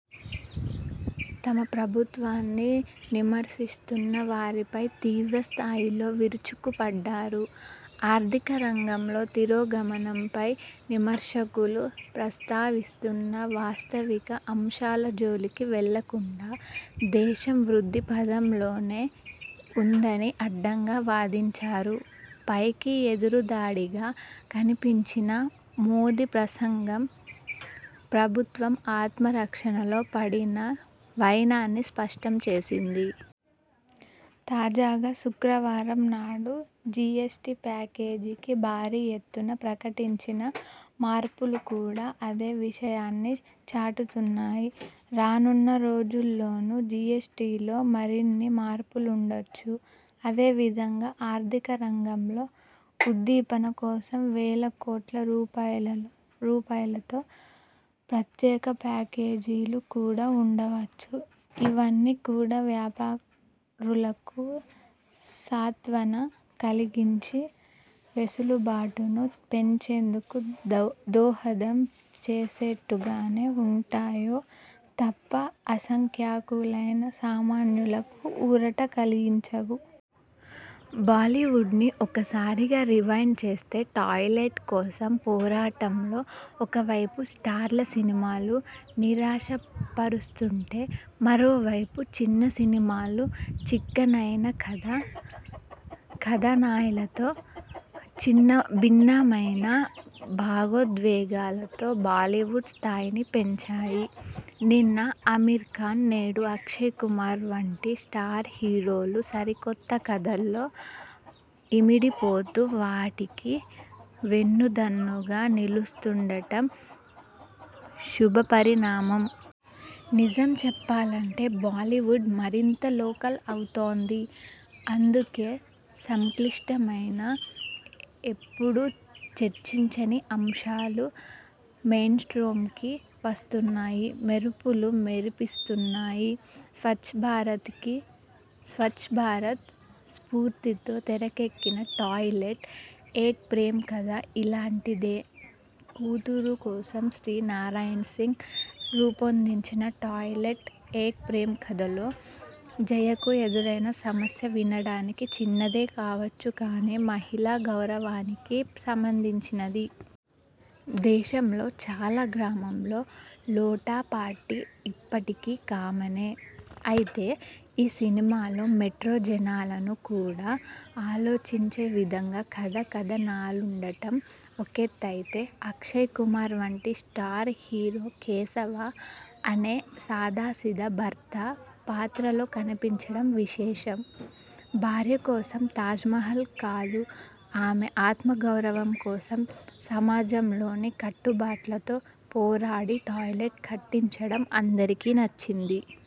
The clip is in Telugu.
తమ ప్రభుత్వాన్ని విమర్శిస్తున్న వారిపై తీవ్రస్థాయిలో విరుచుకుపడ్డారు. ఆర్థిక రంగంలో తిరోగమనంపై విమర్శకులు ప్రస్తావిస్తున్న వాస్తవిక అంశాల జోలికి వెళ్లకుండా, దేశం వృద్ధి పథంలోనే ఉందని అడ్డంగా వాదించారు. పైకి ఎదురుదాడిగా కనిపించినా మోదీ ప్రసంగం ప్రభుత్వం ఆత్మ రక్షణలో పడిన వైనాన్ని స్పష్టం చేసింది. తాజాగా శుక్రవారం నాడు జిఎస్టి ప్యాకేజీకి భారీ ఎత్తున ప్రకటించిన మార్పులు కూడా అదే విషయాన్ని చాటుతున్నాయి. రానున్న రోజుల్లోనూ జిఎస్టిలో మరిన్ని మార్పులుండొచ్చు. అదే విధంగా ఆర్థిక రంగంలో ఉద్దీపన కోసం వేల కోట్ల రూపాయలతో ప్రత్యేక ప్యాకేజీలు కూడా ఉండవచ్చు. ఇవన్నీ కూడా వ్యాపారులకు సాంత్వన కలిగించి, వెసులుబాటును పెంచేందుకు దోహదం చేసేట్టుగానే ఉంటాయే తప్ప అసంఖ్యాకులైన సామాన్యులకు ఊరట కలిగించవు. బాలీవుడ్ను ఒకసారిగా రివైండ్ చేస్తే 'టాయ్లెట్' కోసం పోరాటం లో ఒకవైపు స్టార్ల సినిమాలు నిరాశపరుస్తుంటే మరోవైపు చిన్న సినిమాలు చిక్కనైన కథ, కథనాలతో భిన్నమైన భావోద్వేగాలతో బాలీవుడ్ స్థాయిని పెంచాయి. నిన్న ఆమిర్ఖాన్, నేడు అక్షయ్కుమార్ వంటి స్టార్ హీరోలు సరికొత్త కథల్లో ఇమిడిపోతూ వాటికి వెన్నుదన్నుగా నిలుస్తుండటం శుభపరిణామం. నిజం చెప్పాలంటే బాలీవుడ్ మరింత 'లోకల్' అవుతోంది. అందుకే సంక్లిష్టమైన, ఎప్పుడూ చర్చించని అంశాలు మెయిన్స్ట్రీమ్లోకి వస్తున్నాయి. మెరుపులు మెరిపిస్తున్నాయి. స్వచ్ఛభారత్ స్ఫూర్తితో తెరకెక్కిన 'టాయ్లెట్: ఏక్ ప్రేమ్కథ' ఇలాంటిదే. కూతురు కోసం శ్రీ నారాయణ్సింగ్ రూపొందించిన 'టాయ్లెట్: ఏక్ ప్రేమ్కథ'లో జయ కు ఎదురైన సమస్య వినడానికి చిన్నదే కావొచ్చు కానీ మహిళల ఆత్మగౌరవానికి సంబంధించినది. దేశంలో చాలా గ్రామాల్లో 'లోటాపార్టీ' ఇప్పటికీ కామనే. అయితే ఈ సినిమలో మెట్రో జనాలను కూడా ఆలోచించే విధంగా కథ, కథనాలుండటం ఒకెత్తయితే, అక్షయ్కుమార్ వంటి స్టార్ హీరో 'కేశవ' అనే సాదాసీదా భర్త పాత్రలో కనిపించడం విశేషం. భార్య కోసం తాజ్మహల్ కాదు ఆమె ఆత్మగౌరవం కోసం సమాజంలోని కట్టుబాట్లతో పోరాడి 'టాయ్లెట్' కట్టించడం అందరికీ నచ్చింది.